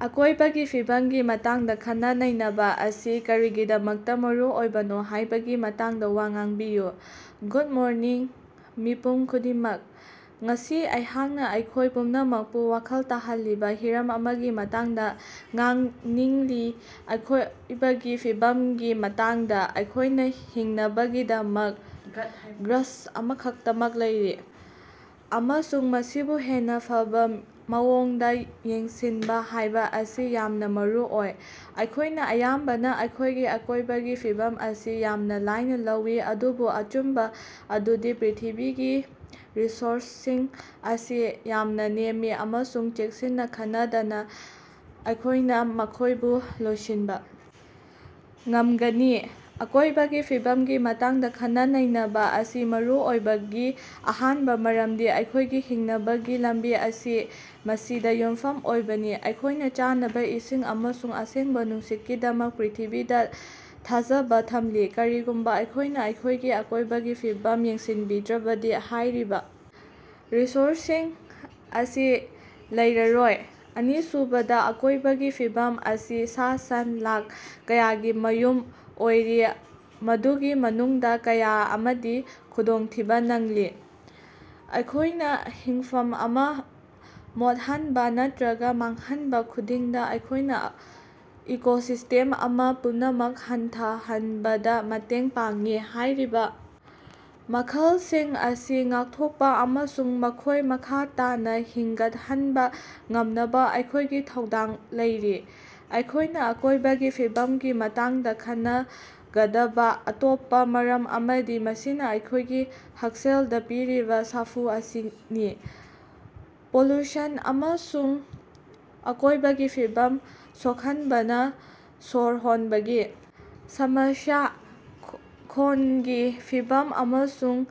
ꯑꯀꯣꯢꯕꯒꯤ ꯐꯤꯕꯝꯒꯤ ꯃꯇꯥꯡꯗ ꯈꯟꯅ-ꯅꯩꯅꯕ ꯑꯁꯤ ꯀꯔꯤꯒꯤꯗꯃꯛꯇ ꯃꯔꯨꯑꯣꯏꯕꯅꯣ ꯍꯥꯢꯕꯒꯤ ꯃꯇꯥꯡꯗ ꯋꯥ ꯉꯥꯡꯕꯤꯌꯨ꯫ ꯒꯨꯗ ꯃꯣꯔꯅꯤꯡ ꯃꯤꯄꯨꯝ ꯈꯨꯗꯤꯡꯃꯛ꯫ ꯉꯁꯤ ꯑꯩꯍꯥꯛꯅꯥ ꯑꯩꯈꯣꯢ ꯄꯨꯝꯅꯃꯛꯄꯨ ꯋꯥꯈꯜ ꯇꯥꯍꯜꯂꯤꯕ ꯍꯤꯔꯝ ꯑꯃꯒꯤ ꯃꯇꯥꯡꯗ ꯉꯥꯡꯅꯤꯡꯂꯤ ꯑꯀꯣꯢꯕꯒꯤ ꯐꯤꯕꯝꯒꯤ ꯃꯇꯥꯡꯗ꯫ ꯑꯩꯈꯣꯢꯅ ꯍꯤꯡꯅꯕꯒꯤꯗꯃꯛ ꯒ꯭ꯔꯍ ꯑꯃꯈꯛꯇꯃꯛ ꯂꯩꯔꯤ ꯑꯃꯁꯨꯡ ꯃꯁꯤꯕꯨ ꯍꯦꯟꯅ ꯐꯕ ꯃꯑꯣꯡꯗ ꯌꯦꯡꯁꯤꯟꯕ ꯍꯥꯏꯕ ꯑꯁꯤ ꯌꯥꯝꯅ ꯃꯔꯨꯑꯣꯏ꯫ ꯑꯩꯈꯣꯢꯅ ꯑꯌꯥꯝꯕꯅ ꯑꯩꯈꯣꯢꯒꯤ ꯑꯀꯣꯢꯕꯒꯤ ꯐꯤꯕꯝ ꯑꯁꯤ ꯌꯥꯝꯅ ꯂꯥꯏꯅ ꯂꯧꯏ ꯑꯗꯨꯕꯨ ꯑꯆꯨꯝꯕ ꯑꯗꯨꯗꯤ ꯄ꯭ꯔꯤꯊꯤꯕꯤꯒꯤ ꯔꯤꯁꯣꯔꯁꯁꯤꯡ ꯑꯁꯤ ꯌꯥꯝꯅ ꯅꯦꯝꯃꯤ ꯑꯃꯁꯨꯡ ꯆꯦꯛꯁꯤꯟꯅ ꯈꯟꯅꯗꯅ ꯑꯩꯈꯣꯢꯅ ꯃꯈꯣꯢꯕꯨ ꯂꯣꯏꯁꯤꯟꯕ ꯉꯝꯒꯅꯤ꯫ ꯑꯀꯣꯢꯕꯒꯤ ꯐꯤꯕꯝꯒꯤ ꯃꯇꯥꯡꯗ ꯈꯟꯅ-ꯅꯩꯅꯕ ꯑꯁꯤ ꯃꯔꯨ ꯑꯣꯏꯕꯒꯤ ꯑꯍꯥꯟꯕ ꯃꯔꯝꯗꯤ ꯑꯩꯈꯣꯢꯒꯤ ꯍꯤꯡꯅꯕꯒꯤ ꯂꯝꯕꯤ ꯑꯁꯤ ꯃꯁꯤꯗ ꯌꯨꯝꯐꯝ ꯑꯣꯏꯕꯅꯤ꯫ ꯑꯩꯈꯣꯢꯅ ꯆꯥꯅꯕ, ꯏꯁꯤꯡ ꯑꯃꯁꯨꯡ ꯑꯁꯦꯡꯕ ꯅꯨꯡꯁꯤꯠꯀꯤꯗꯃꯛ ꯄ꯭ꯔꯤꯊꯤꯕꯤꯗ ꯊꯥꯖꯕ ꯊꯝꯂꯤ꯫ ꯀꯔꯤꯒꯨꯝꯕ ꯑꯩꯈꯣꯢꯅ ꯑꯩꯈꯣꯢꯒꯤ ꯑꯀꯣꯢꯕꯒꯤ ꯐꯤꯕꯝ ꯌꯦꯡꯁꯤꯟꯕꯤꯗ꯭ꯔꯕꯗꯤ ꯍꯥꯢꯔꯤꯕ ꯔꯤꯁꯣꯔꯁꯁꯤꯡ ꯑꯁꯤ ꯂꯩꯔꯔꯣꯏ꯫ ꯑꯅꯤꯁꯨꯕꯗ ꯑꯀꯣꯢꯕꯒꯤ ꯐꯤꯕꯝ ꯑꯁꯤ ꯁꯥ-ꯁꯟ ꯂꯥꯈ ꯀꯌꯥꯒꯤ ꯃꯌꯨꯝ ꯑꯣꯏꯔꯤ ꯃꯗꯨꯒꯤ ꯃꯅꯨꯡꯗ ꯀꯌꯥ ꯑꯃꯗꯤ ꯈꯨꯗꯣꯡꯊꯤꯕꯥ ꯅꯪꯂꯤ꯫ ꯑꯩꯈꯣꯢꯅ ꯍꯤꯡꯐꯝ ꯑꯃ ꯃꯣꯠꯍꯟꯕ ꯅꯠꯇ꯭ꯔꯒ ꯃꯥꯡꯍꯟꯕ ꯈꯨꯗꯤꯡꯗ ꯑꯩꯈꯣꯢꯅ ꯏꯀꯣꯁꯤꯁꯇꯦꯝ ꯑꯃ ꯄꯨꯝꯅꯃꯛ ꯍꯟꯊꯍꯟꯕꯗ ꯃꯇꯦꯡ ꯄꯥꯡꯏ꯫ ꯍꯥꯢꯔꯤꯕ ꯃꯈꯜꯁꯤꯡ ꯑꯁꯤ ꯉꯥꯛꯊꯣꯛꯄ ꯑꯃꯁꯨꯡ ꯃꯈꯣꯢ ꯃꯈꯥ ꯇꯥꯅ ꯍꯤꯡꯒꯠꯍꯟꯕ ꯉꯝꯅꯕ ꯑꯩꯈꯣꯢꯒꯤ ꯊꯧꯗꯥꯡ ꯂꯩꯔꯤ꯫ ꯑꯩꯈꯣꯢꯅ ꯑꯀꯣꯢꯕꯒꯤ ꯐꯤꯕꯝꯒꯤ ꯃꯇꯥꯡꯗ ꯈꯟꯅꯒꯗꯕ ꯑꯇꯣꯞꯄ ꯃꯔꯝ ꯑꯃꯗꯤ ꯃꯁꯤꯅ ꯑꯩꯈꯣꯢꯒꯤ ꯍꯛꯁꯦꯜꯗ ꯄꯤꯔꯤꯕ ꯁꯥꯐꯨ ꯑꯁꯤꯅꯤ꯫ ꯄꯣꯂꯨꯁꯟ ꯑꯃꯁꯨꯡ ꯑꯀꯣꯢꯕꯒꯤ ꯐꯤꯕꯝ ꯁꯣꯛꯍꯟꯕꯅ ꯁꯣꯔ ꯍꯣꯟꯕꯒꯤ ꯁꯃꯁ꯭ꯌꯥ, ꯈꯣꯡꯒꯤ ꯐꯤꯚꯝ ꯑꯃꯁꯨꯡ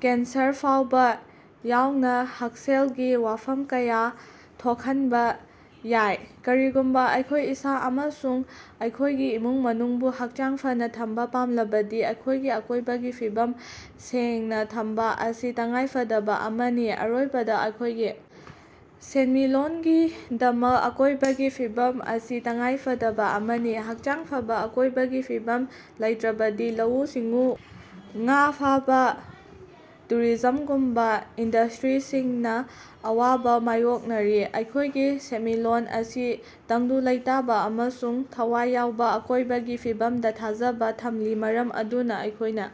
ꯀꯦꯟꯁꯔ ꯐꯥꯎꯕꯥ ꯌꯥꯎꯅ ꯍꯛꯁꯦꯜꯒꯤ ꯋꯥꯐꯝ ꯀꯌꯥ ꯊꯣꯛꯍꯟꯕ ꯌꯥꯏ꯫ ꯀꯔꯤꯒꯨꯝꯕ ꯑꯩꯈꯣꯢ ꯏꯁꯥ ꯑꯃꯁꯨꯡ ꯑꯩꯈꯣꯢꯒꯤ ꯏꯃꯨꯡ ꯃꯅꯨꯡꯕꯨ ꯍꯛꯆꯥꯡ ꯐꯅꯥ ꯊꯝꯕ ꯄꯥꯝꯂꯕꯗꯤ ꯑꯩꯈꯣꯢꯒꯤ ꯑꯀꯣꯢꯕꯒꯤ ꯐꯤꯕꯝ ꯁꯦꯡꯅ ꯊꯝꯕ ꯑꯁꯤ ꯇꯉꯥꯏꯐꯗꯕ ꯑꯃꯅꯤ꯫ ꯑꯔꯣꯏꯕꯗꯥ ꯑꯩꯈꯣꯢꯒꯤ ꯁꯦꯟꯃꯤꯠꯂꯣꯟꯒꯤꯗꯃꯛ ꯑꯀꯣꯢꯕꯒꯤ ꯐꯤꯕꯝ ꯑꯁꯤ ꯇꯉꯥꯏꯐꯗꯕ ꯑꯃꯅꯤ꯫ ꯍꯛꯆꯥꯡ ꯐꯕ ꯑꯀꯣꯢꯕꯒꯤ ꯐꯤꯕꯝ ꯂꯩꯇ꯭ꯔꯕꯗꯤ ꯂꯧꯎ-ꯁꯤꯡꯎ, ꯉꯥ ꯐꯥꯕꯥ, ꯇꯨꯔꯤꯖꯝꯒꯨꯝꯕ ꯏꯟꯗꯁꯇ꯭ꯔꯤꯁꯤꯡꯅ ꯑꯋꯥꯕꯥ ꯃꯥꯌꯣꯛꯅꯔꯤ꯫ ꯑꯩꯈꯣꯢꯒꯤ ꯁꯦꯟꯃꯤꯠꯂꯣꯟ ꯑꯁꯤ ꯇꯪꯗꯨ ꯂꯩꯇꯥꯕ ꯑꯃꯁꯨꯡ ꯊꯋꯥꯏ ꯌꯥꯎꯕ ꯑꯀꯣꯢꯕꯒꯤ ꯐꯤꯕꯝꯗ ꯊꯥꯖꯕ ꯊꯝꯂꯤ ꯃꯔꯝ ꯑꯗꯨꯅ ꯑꯩꯈꯣꯢꯅ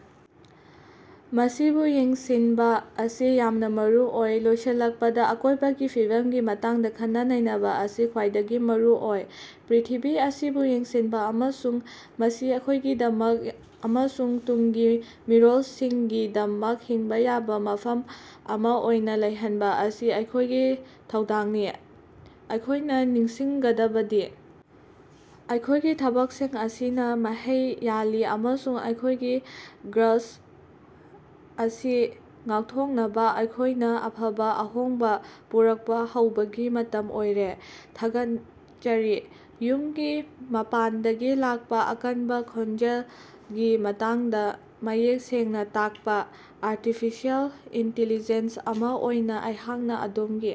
ꯃꯁꯤꯕꯨ ꯌꯦꯡꯁꯤꯟꯕꯥ ꯑꯁꯤ ꯌꯥꯝꯅ ꯃꯔꯨꯑꯣꯏ꯫ ꯂꯣꯏꯁꯤꯜꯂꯛꯄꯗ ꯑꯀꯣꯢꯕꯒꯤ ꯐꯤꯕꯝꯒꯤ ꯃꯇꯥꯡꯗ ꯈꯟꯅ-ꯅꯩꯅꯕ ꯑꯁꯤ ꯈ꯭ꯋꯥꯏꯗꯒꯤ ꯃꯔꯨꯑꯣꯏ꯫ ꯄ꯭ꯔꯤꯊꯤꯕꯤ ꯑꯁꯤꯕꯨ ꯌꯦꯡꯁꯤꯟꯕ ꯑꯃꯁꯨꯡ ꯃꯁꯤ ꯑꯩꯈꯣꯢꯒꯤꯗꯃꯛ ꯑꯃꯁꯨꯡ ꯇꯨꯡꯒꯤ ꯃꯤꯔꯣꯜꯁꯤꯡꯒꯤꯗꯃꯛ ꯍꯤꯡꯕ ꯌꯥꯕ ꯃꯐꯝ ꯑꯃ ꯑꯣꯏꯅ ꯂꯩꯍꯟꯕ ꯑꯁꯤ ꯑꯩꯈꯣꯢꯒꯤ ꯊꯧꯗꯥꯡꯅꯤ꯫ ꯑꯩꯈꯣꯌꯅꯥ ꯅꯤꯡꯁꯤꯡꯒꯗꯕꯗꯤ ꯑꯩꯈꯣꯢꯒꯤ ꯊꯕꯛꯁꯤꯡ ꯑꯁꯤꯅ ꯃꯍꯩ ꯌꯥꯜꯂꯤ ꯑꯃꯁꯨꯡ ꯑꯩꯈꯣꯢꯒꯤ ꯒ꯭ꯔꯍ ꯑꯁꯤ ꯉꯥꯛꯊꯣꯛꯅꯕ ꯑꯩꯈꯣꯢꯅ ꯑꯐꯕ ꯑꯍꯣꯡꯕ ꯄꯨꯔꯛꯄ ꯍꯧꯕꯒꯤ ꯃꯇꯝ ꯑꯣꯏꯔꯦ꯫ ꯊꯥꯒꯠꯆꯔꯤ꯫ ꯌꯨꯝꯒꯤ ꯃꯄꯥꯟꯗꯒꯤ ꯂꯥꯛꯄ ꯑꯀꯟꯕ ꯈꯣꯟꯖꯦꯜꯒꯤ ꯃꯇꯥꯡꯗ ꯃꯌꯦꯛ ꯁꯦꯡꯅꯥ ꯇꯥꯛꯄꯥ꯫ ꯑꯥꯔꯇꯤꯐꯤꯁꯤꯑꯦꯜ ꯏꯟꯇꯤꯂꯤꯖꯦꯟ ꯑꯃ ꯑꯣꯏꯅ ꯑꯩꯍꯥꯛꯅ ꯑꯗꯣꯝꯒꯤ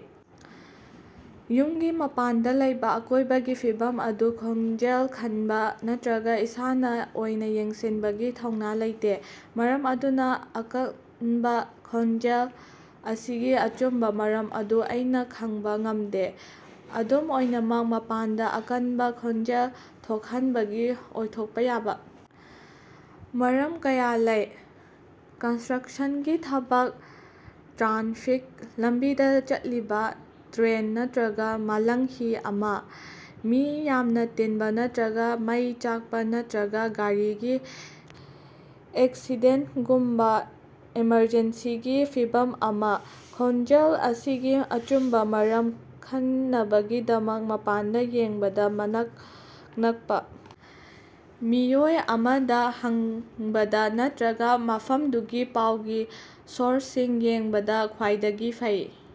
ꯌꯨꯝꯒꯤ ꯃꯄꯥꯟꯗ ꯂꯩꯕꯥ ꯑꯀꯣꯢꯕꯒꯤ ꯐꯤꯕꯝ ꯑꯗꯨ ꯈꯣꯟꯖꯦꯜ ꯈꯡꯕ ꯅꯠꯇ꯭ꯔꯒ ꯏꯁꯥꯅ ꯑꯣꯏꯅ ꯌꯦꯡꯁꯤꯟꯕꯒꯤ ꯊꯧꯅꯥ ꯂꯩꯇꯦ꯫ ꯃꯔꯝ ꯑꯗꯨꯅ ꯑꯀꯟꯕ ꯈꯣꯟꯖꯦꯜ ꯑꯁꯤꯒꯤ ꯑꯆꯨꯝꯕ ꯃꯔꯝ ꯑꯗꯨ ꯑꯩꯅ ꯈꯪꯕꯥ ꯉꯝꯗꯦ꯫ ꯑꯗꯨꯝ ꯑꯣꯏꯅꯃꯛ ꯃꯄꯥꯟꯗ ꯑꯀꯟꯕ ꯈꯣꯟꯖꯦꯜ ꯊꯣꯛꯍꯟꯕꯒꯤ ꯑꯣꯏꯊꯣꯛꯄ ꯌꯥꯕ ꯃꯔꯝ ꯀꯌꯥ ꯂꯩ: ꯀꯟꯁꯇ꯭ꯔꯛꯁꯟꯒꯤ ꯊꯕꯛ, ꯇ꯭ꯔꯥꯐꯤꯛ, ꯂꯝꯕꯤꯗ ꯆꯠꯂꯤꯕ ꯇ꯭ꯔꯦꯟ ꯅꯠꯇ꯭ꯔꯒ ꯃꯥꯂꯪꯍꯤ ꯑꯃ, ꯃꯤ ꯌꯥꯝꯅ ꯇꯤꯟꯕ ꯅꯠꯇ꯭ꯔꯒ ꯃꯩ ꯆꯥꯛꯄ ꯅꯠꯇ꯭ꯔꯒ ꯒꯥꯔꯤꯒꯤ ꯑꯦꯛꯁꯤꯗꯦꯟꯇꯒꯨꯝꯕ ꯑꯦꯃꯔꯖꯦꯟꯁꯤꯒꯤ ꯐꯤꯚꯝ ꯑꯃ꯫ ꯈꯣꯟꯖꯦꯜ ꯑꯁꯤꯒꯤ ꯑꯆꯨꯝꯕ ꯃꯔꯝ ꯈꯡꯅꯕꯒꯤꯗꯃꯛ ꯃꯄꯥꯟꯗ ꯌꯦꯡꯕꯗ ꯃꯅꯥꯛ ꯅꯛꯄ ꯃꯤꯑꯣꯏ ꯑꯃꯗ ꯍꯪꯕꯗ ꯅꯠꯇ꯭ꯔꯒ ꯃꯐꯝꯗꯨꯒꯤ ꯄꯥꯎꯒꯤ ꯁꯣꯔꯁꯁꯤꯡ ꯌꯦꯡꯕꯗ ꯈ꯭ꯋꯥꯏꯗꯒꯤ ꯐꯩ꯫